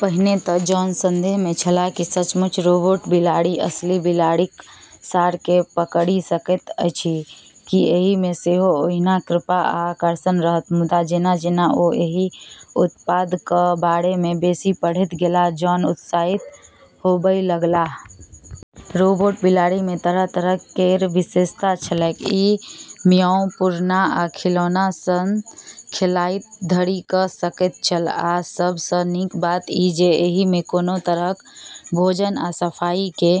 पहिने त जॉन संदेह मे छलाह। की सचमुच रोबोट बिलाड़ि असली बिलाड़िक सार के पकड़ि सकैत अछि? की एहि मे सेहो ओहिना कृपा आ आकर्षण रहत? मुदा जेना-जेना ओ एहि उत्पाद क बारे मे बेसी पढ़ैत गेलाह, जॉन उत्साहित होबय लगलाह। रोबोट बिलाड़ि मे तरह-तरह केर विशेषता छलैक ई म्याऊ, पुरना आ खिलौना सं खेलाइत धरि क सकैत छल आ सब सं नीक बात ई जे एहि में कोनो तरहक भोजन आ सफाई के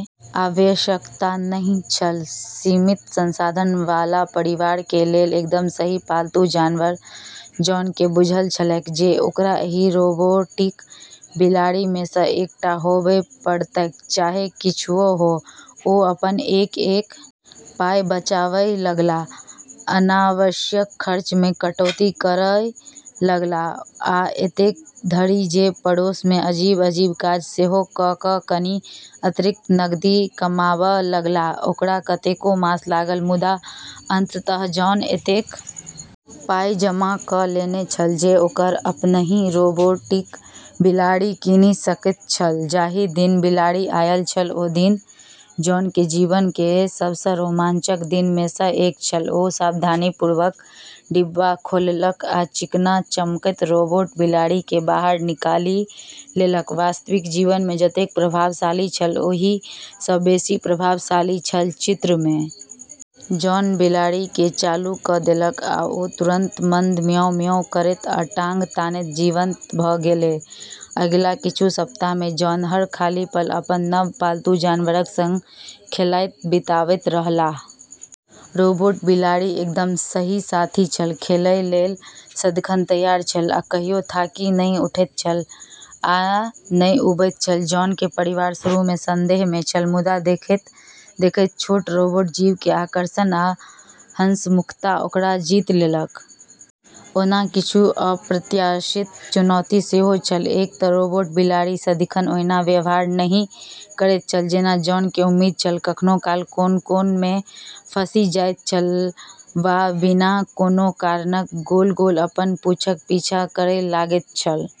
आवश्यकता नहिं छल सीमित संसाधन वाला परिवार के लेल एकदम सही पालतू जानवर जॉन केँ बुझल छलैक जे ओकरा एहि रोबोटिक बिलाड़ि मे सँ एकटा होबय पड़तैक चाहे किछुओ हो, ओ अपन एक-एक पाइ बचाबय लगलाह, अनावश्यक खर्च मे कटौती करय लगलाह आ एतेक धरि जे पड़ोस मे अजीब-अजीब काज सेहो क क‌ कनि अतिरिक्त नगदी कमाब लगलाह ओकरा कतेको मास लागल मुदा अंततः जॉन एतेक पाइ जमा क' लेने छल जे ओकर अपनहि रोबोटिक बिलाड़ि कीनि सकैत छल जाहि दिन बिलाड़ि आयल छल ओ दिन जॉन के जीवन के सबस रोमांचक दिन में स एक छल ओ सावधानीपूर्वक डिब्बा खोललक आ चिकना चमकैत रोबोट बिलाड़ि केँ बाहर निकालि लेलक वास्तविक जीवन मे जतेक प्रभावशाली छल ओहि स बेसी प्रभावशाली छल चित्र मे। जॉन बिलाड़ि केँ चालू क देलक आ ओ तुरन्त मंद म्याऊ म्याऊ करैत आ टांग तानैत जीवंत भ गेलै। अगिला किछु सप्ताह मे जॉन हर खाली पल अपन नव पालतू जानवरक संग खेलाइत बिताबैत रहलाह। रोबोट बिलाड़ि एकदम सही साथी छल, खेलय लेल सदिखन तैयार छल आ कहियो थाकि नहि उठैत छल आ ने ऊबैत छल, जॉन के परिवार शुरू में संदेह में छल मुदा देखैत-देखैत छोट रोबोट जीव के आकर्षण आ हंसमुखता ओकरा जीत लेलक। ओना किछु अप्रत्याशित चुनौती सेहो छल। एक त रोबोट बिलाड़ि सदिखन ओहिना व्यवहार नहि करैत छल जेना जॉन के उम्मीद छल कखनो काल कोन-कोन मे फँसि जाइत छल वा बिना कोनो कारणक गोल-गोल अपन पूँछक पीछा करय लगैत छल।